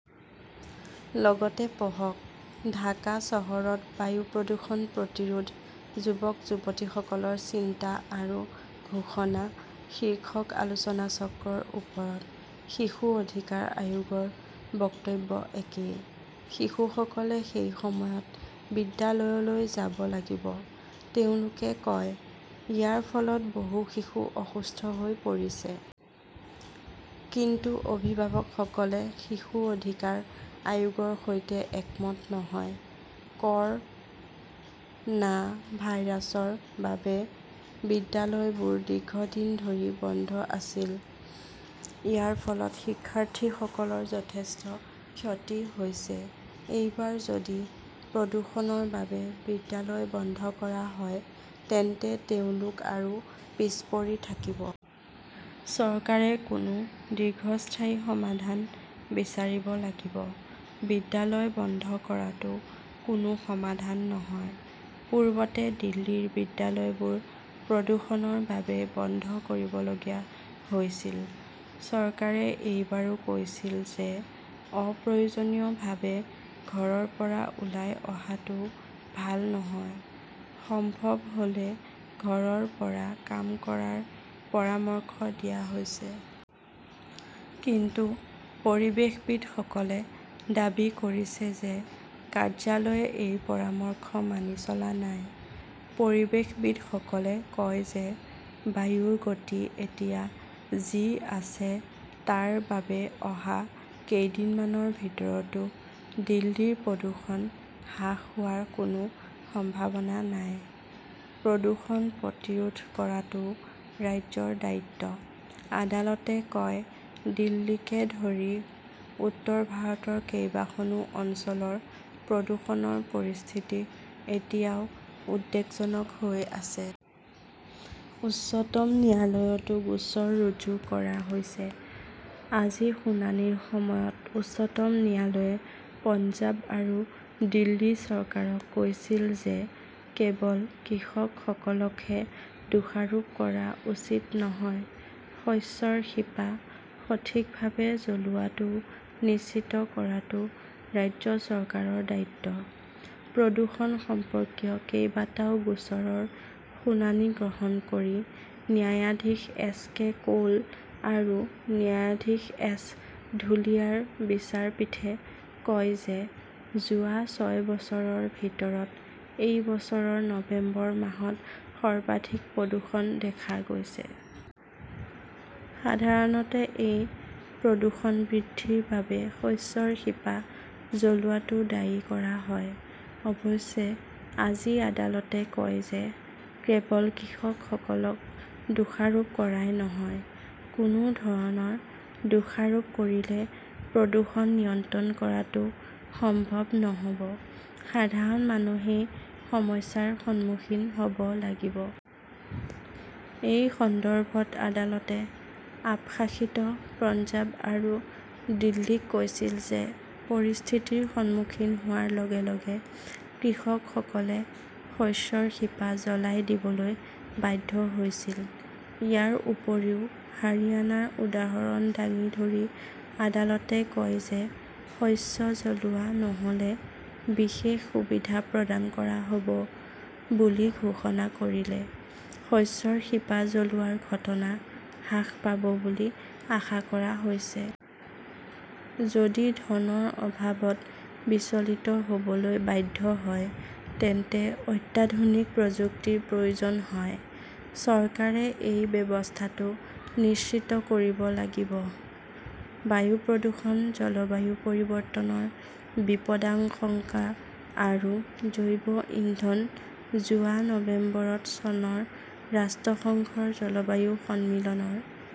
"লগতে পঢ়কঃ 'ঢাকা চহৰত বায়ু প্ৰদূষণ প্ৰতিৰোধ, যুৱক-যুৱতীসকলৰ চিন্তা আৰু ঘোষণা" শীৰ্ষক আলোচনাচক্ৰৰ ওপৰত শিশু অধিকাৰ আয়োগৰ বক্তব্য একেই। "শিশুসকলে সেই সময়ত বিদ্যালয়লৈ যাব লাগিব", তেওঁলোকে কয়। ইয়াৰ ফলত বহু শিশু অসুস্থ হৈ পৰিছে। "কিন্তু অভিভাৱকসকলে শিশু অধিকাৰ আয়োগৰ সৈতে একমত নহয়। "ক" ৰ "না ভাইৰাছৰ বাবে বিদ্যালয়বোৰ দীৰ্ঘদিন ধৰি বন্ধ আছিল। ইয়াৰ ফলত শিক্ষাৰ্থীসকলৰ যথেষ্ট ক্ষতি হৈছে। এইবাৰ যদি প্ৰদূষণৰ বাবে বিদ্যালয় বন্ধ কৰা হয় তেন্তে তেওঁলোক আৰু পিছ পৰি থাকিব। চৰকাৰে কোনো দীৰ্ঘস্থায়ী সমাধান বিচাৰিব লাগিব। বিদ্যালয় বন্ধ কৰাটো কোনো সমাধান নহয়। "পূৰ্বতে দিল্লীৰ বিদ্যালয়বোৰ প্ৰদূষণৰ বাবে বন্ধ কৰিবলগীয়া হৈছিল। চৰকাৰে এইবাৰো কৈছিল যে অপ্ৰয়োজনীয়ভাৱে ঘৰৰ পৰা ওলাই অহাটো ভাল নহয়। সম্ভৱ হ "লে ঘৰৰ পৰা কাম কৰাৰ পৰামৰ্শ দিয়া হৈছে। কিন্তু পৰিৱেশবিদসকলে দাবী কৰিছে যে কাৰ্যালয়ে এই পৰামৰ্শ মানি চলা নাই। পৰিৱেশবিদসকলে কয় যে বায়ুৰ গতি এতিয়া যি আছে তাৰ বাবে অহা কেইদিনমানৰ ভিতৰতো দিল্লীৰ প্ৰদূষণ হ্ৰাস হোৱাৰ কোনো সম্ভাৱনা নাই। প্ৰদূষণ প্ৰতিৰোধ কৰাটোও ৰাজ্যৰ দায়িত্ব, আদালতে কয় দিল্লীকে ধৰি উত্তৰ ভাৰতৰ কেইবাখনো অঞ্চলৰ প্ৰদূষণৰ পৰিস্থিতি এতিয়াও উদ্বেগজনক হৈ আছে। উচ্চতম ন্যায়ালয়তো গোচৰ ৰুজু কৰা হৈছে। আজি শুনানিৰ সময়ত উচ্চতম ন্যায়ালয়ে পঞ্জাৱ আৰু দিল্লী চৰকাৰক কৈছিল যে কেৱল কৃষকসকলকহে দোষাৰোপ কৰা উচিত নহয়। শস্যৰ শিপা সঠিকভাৱে জ্বলোৱাটো নিশ্চিত কৰাটো ৰাজ্য চৰকাৰৰ দায়িত্ব। প্ৰদূষণ সম্পৰ্কীয় কেইবাটাও গোচৰৰ শুনানি গ্ৰহণ কৰি ন্যায়াধীশ এছ কে কৌল আৰু ন্যায়াধীশ এছ ধুলিয়াৰ বিচাৰপীঠে কয় যে যোৱা ছয় বছৰৰ ভিতৰত এই বছৰৰ নৱেম্বৰ মাহত সৰ্বাধিক প্ৰদূষণ দেখা গৈছে। সাধাৰণতে এই প্ৰদূষণ বৃদ্ধিৰ বাবে শস্যৰ শিপা জ্বলোৱাটো দায়ী কৰা হয়। অৱশ্যে আজি আদালতে কয় যে কেৱল কৃষকসকলক দোষাৰোপ কৰাই নহয়। কোনো ধৰণৰ দোষাৰোপ কৰিলে প্ৰদূষণ নিয়ন্ত্ৰণ কৰাটো সম্ভৱ নহ "ব। সাধাৰণ মানুহেই সমস্যাৰ সন্মুখীন হ "ব লাগিব। এই সন্দৰ্ভত আদালতে আপ শাসিত পঞ্জাৱ আৰু দিল্লীক কৈছিল যে পৰিস্থিতিৰ সন্মুখীন হোৱাৰ লগে লগে কৃষকসকলে শস্যৰ শিপা জ্বলাই দিবলৈ বাধ্য হৈছিল। ইয়াৰ উপৰিও, হাৰিয়ানাৰ উদাহৰণ দাঙি ধৰি আদালতে কয় যে শস্য জ্বলোৱা নহ "লে বিশেষ সুবিধা প্ৰদান কৰা হ" ব বুলি ঘোষণা কৰিলে শস্যৰ শিপা জ্বলোৱাৰ ঘটনা হ্ৰাস পাব বুলি আশা কৰা হৈছে। যদি ধনৰ অভাৱত বিচলিত হ "বলৈ বাধ্য হয় তেন্তে অত্যাধুনিক প্ৰযুক্তিৰ প্ৰয়োজন হয়। চৰকাৰে এই ব্যৱস্থাটো নিশ্চিত কৰিব লাগিব। বায়ু প্ৰদূষণ, জলবায়ু পৰিৱৰ্তনৰ বিপদাশংকা আৰু জৈৱ ইন্ধন যোৱা নৱেম্বৰত চনৰ ৰাষ্ট্ৰসংঘৰ জলবায়ু সন্মিলনৰ